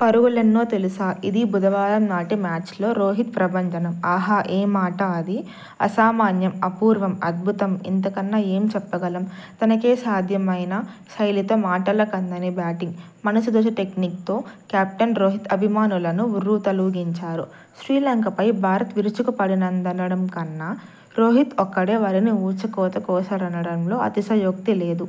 పరుగులెన్నో తెలుసా.. ఇదీ బుధవారం నాటి మ్యాచ్లో రో'హిట్' ప్రభంజనం. ఆహా.. ఏం ఆట అది.. అసామాన్యం.. అపూర్వం.. అద్భుతం. ఇంతకన్నా ఏం చెప్పగలం. తనకే సాధ్యమైన శైలితో మాటలకందని బ్యాటింగ్.. మనసు దోచే టెక్నిక్ తో కెప్టెన్ రోహిత్ అభిమానులను ఉర్రూతలూగించాడు. శ్రీలంకపై భారత్ విరుచుకుపడిందనడం కన్నా రోహిత్ ఒక్కడే వారిని ఊచకోత కోశాడనడంలో అతిశయోక్తి లేదు.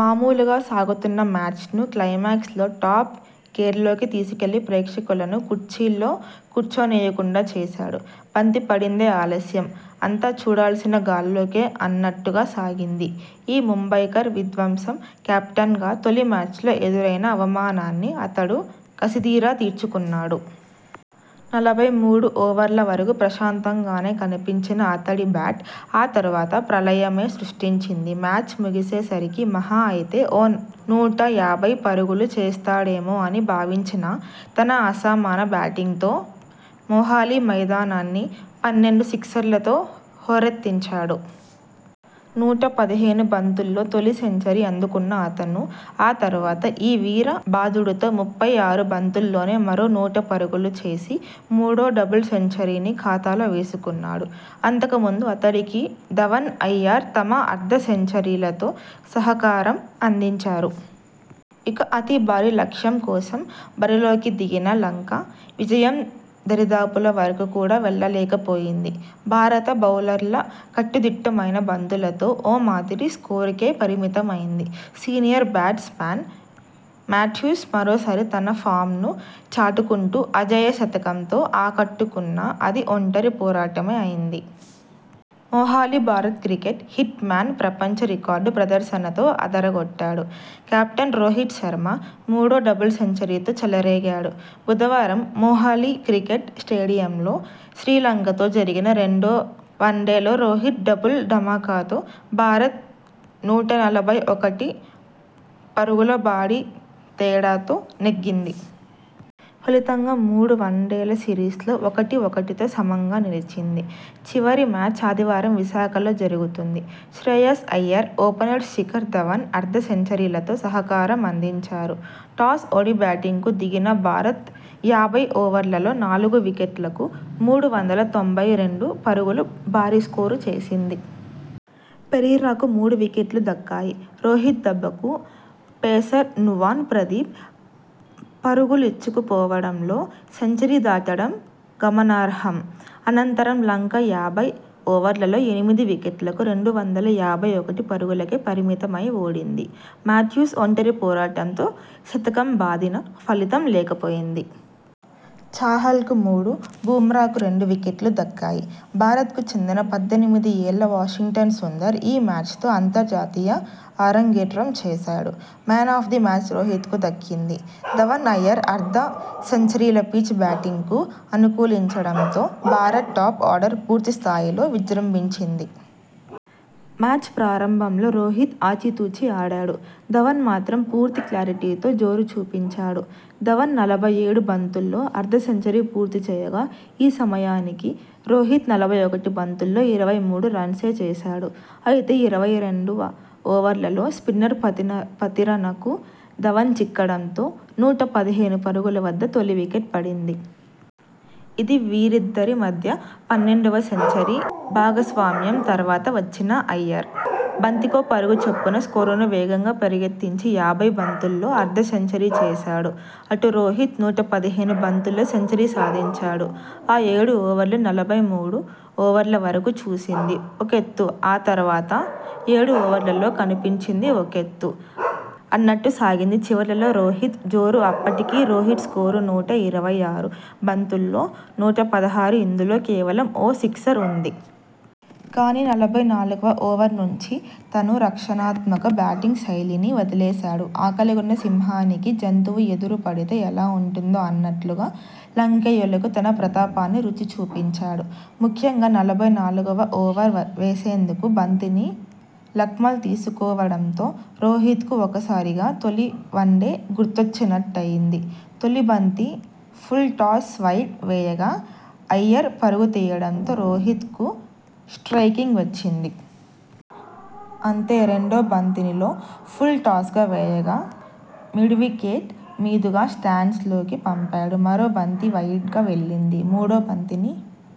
మామూలుగా సాగుతున్న మ్యాచ్ ను క్లైమాక్స్ లో టాప్ గేర్లోకి తీసుకెళ్లి ప్రేక్షకులను కుర్చీల్లో కూర్చోనీయకుండా చేశాడు. బంతి పడిందే ఆలస్యం.. అంతా చూడాల్సింది గాల్లోకే అన్నట్టుగా సాగింది ఈ ముంబైకర్ విధ్వంసం. కెప్టెన్ గా తొలి మ్యాచ్లో ఎదురైన అవమానాన్ని అతడు కసిదీరా తీర్చుకున్నాడు. నలభై మూడు ఓవర్ల వరకు ప్రశాంతంగానే కనిపించిన అతడి బ్యాట్ ఆ తర్వాత ప్రళయమే సృష్టించింది మ్యాచ్ ముగిసే సరికి మహా అయితే ఓ నూట యాభై పరుగులు చేస్తాడేమో అని భావించినా తన అసమాన బ్యాటింగ్ తో మొహాలీ మైదానాన్ని పన్నెండు సిక్సర్లతో హోరెత్తించాడు. నూట పదిహేను బంతుల్లో తొలి సెంచరీ అందుకున్న అతను ఆ తర్వాత ఈ వీర బాదుడుతో ముప్పై ఆరు బంతుల్లోనే మరో నూట పరుగులు చేసి మూడో డబుల్ సెంచరీని ఖాతాలో వేసుకున్నాడు. అంతకుముందు అతడికి ధవన్, అయ్యర్ తమ అర్ధ సెంచరీలతో సహకారం అందించారు. ఇక అతి భారీ లక్ష్యం కోసం బరిలోకి దిగిన లంక విజయం దరిదాపుల వరకు కూడా వెళ్లలేకపోయింది. భారత బౌలర్ల కట్టుదిట్టమైన బంతులతో ఓ మాదిరి స్కోరుకే పరిమితమైంది. సీనియర్ బ్యాట్స్ మాన్ మాథ్యూస్ మరోసారి తన ఫామ్ ను చాటుకుంటూ అజేయ శతకంతో ఆకట్టుకున్నా అది ఒంటరి పోరాటమే అయ్యింది. మొహాలీ భారత క్రికెట్ 'హిట్'మ్యాన్ ప్రపంచ రికార్డు ప్రదర్శనతో అదరగొట్టాడు. కెప్టెన్ రోహిత్ శర్మ మూడో డబుల్ సెంచరీతో చెలరేగాడు. బుధవారం మొహాలీ క్రికెట్ స్టేడియంలో శ్రీలంకతో జరిగిన రెండో వన్డేలో రోహిత్ 'డబుల్' ధమాకాతో భారత్ నూట నలభై ఒకటి పరు గుల భారీ తేడాతో నెగ్గింది. ఫలితంగా మూడు వన్డేల సిరీస్ లో ఒకటి ఒకటితో సమంగా నిలిచింది. చివరి మ్యాచ్ ఆదివారం విశాఖలో జరుగుతుంది. శ్రేయాస్ అయ్యర్, ఓపెనర్ శిఖర్ ధవన్ అర్ధ సెంచరీలతో సహకారం అందించారు. టాస్ఓడి బ్యాటింగ్ కు దిగిన భారత్ యాభై ఓవర్లలో నాలుగు వికెట్లకు మూడు వందల తొంభై రెండు పరుగుల భారీస్కోరు చేసింది. పెరీరాకు మూడు వికెట్లు దక్కాయి. రోహిత్ దెబ్బకు పేసర్ నువాన్ ప్రదీప్ పరుగులిచ్చుకోవడంలో సెంచరీ దాటడం గమనార్హం. అనంతరం లంక యాభై ఓవర్లలో ఎనిమిది వికెట్లకు రెండు వందల యాభై ఒకటి పరుగులకే పరిమితమై ఓడింది. మాథ్యూస్ ఒంటరి పోరాటంతో శతకం బాదినా ఫలితం లేకపోయింది. చాహల్ కు మూడు, బుమ్రాకు రెండు వికెట్లు దక్కాయి. భారత్ కు చెందిన పద్దెనిమిది ఏళ్ల వాషింగ్టన్ సుందర్ ఈ మ్యాచ్ తో అంతర్జాతీయ అరంగేట్రం చేశాడు. Man of the match Rohit కు దక్కింది. ధవన్, అయ్యర్ అర్ధ సెంచరీలుపిచ్ బ్యాటింగ్ కు అనుకూలించడంతో భారత్ టాప్ ఆర్డర్ పూర్తి స్థాయిలో విజృంభించింది. మ్యాచ్ ప్రారంభంలో రోహిత్ ఆచితూచి ఆడాడు. ధవన్ మాత్రం పూర్తి క్లారిటీతో జోరు చూపించాడు. ధవన్ నలభై ఏడు బంతుల్లో అర్ధసెంచరీ పూర్తి చేయగా, ఈ సమయానికి రోహిత్ నలభై ఒకటి బంతుల్లో ఇరవై మూడు రన్సే చేశాడు. అయితే ఇరవై రెండువ ఓవర్లో స్పిన్నర్ పథిరనకు ధవన్ చిక్కడం తో నూట పదిహేను పరుగుల వద్ద తొలివికెట్ పడింది. ఇది వీరిద్దరి మధ్య పన్నెండువ సెంచరీ భాగస్వామ్యం తర్వాత వచ్చిన అయ్యర్.. బంతికో పరుగు చొప్పున స్కోరును వేగంగా పరిగెత్తించి యాభై బంతుల్లో అర్ధసెంచరీ చేశాడు అటు రోహిత్ నూట పదిహేను బంతుల్లో సెంచరీ సాధించాడు ఆ ఏడు ఓవర్లు నలభై మూడు ఓవర్ల వరకు చూసింది ఒకెత్తు ఆ తర్వాత ఏడు ఓవర్లలో కనిపించింది ఒకెత్తు అన్నట్టు సాగింది చివర్లో రోహిత్ జోరు అప్పటికి రోహిత్ స్కోరు నూట ఇరవై ఆరు బంతుల్లో నూట పదహారు ఇందులో కేవలం ఓ సిక్సర్ ఉంది. కానీ నలభై నాలుగువ ఓవర్ నుంచి తను రక్షణాత్మక బ్యాటింగ్ శైలిని వదిలేశాడు ఆకలిగొన్న సింహానికి జంతువు ఎదురు పడితే ఎలా ఉంటుందో అన్నట్లుగా లంకేయులకు తన ప్రతాపాన్ని రుచి చూపించాడు. ముఖ్యంగా నలభై నాలుగువ ఓవర్ వేసేందుకు బంతిని లక్మల్ తీసుకోవడంతో రోహిత్ కు ఒక్కసారిగా తొలి వన్డే గుర్తొచ్చినట్టయ్యింది తొలి బంతి ఫుల్ టాస్ వైడ్ వేయగా అయ్యర్ పరుగు తీయడంతో రోహిత్ కు స్ట్రయికింగ్ వచ్చింది. అంతేరెండో బంతిని లో ఫుల్ టాస్ గా వేయగా మిడ్వికెట్ మీదుగా స్టాండ్స్ లోకి పంపాడు. మరో బంతి వైడ్ గా వెళ్లింది. మూడో బంతిని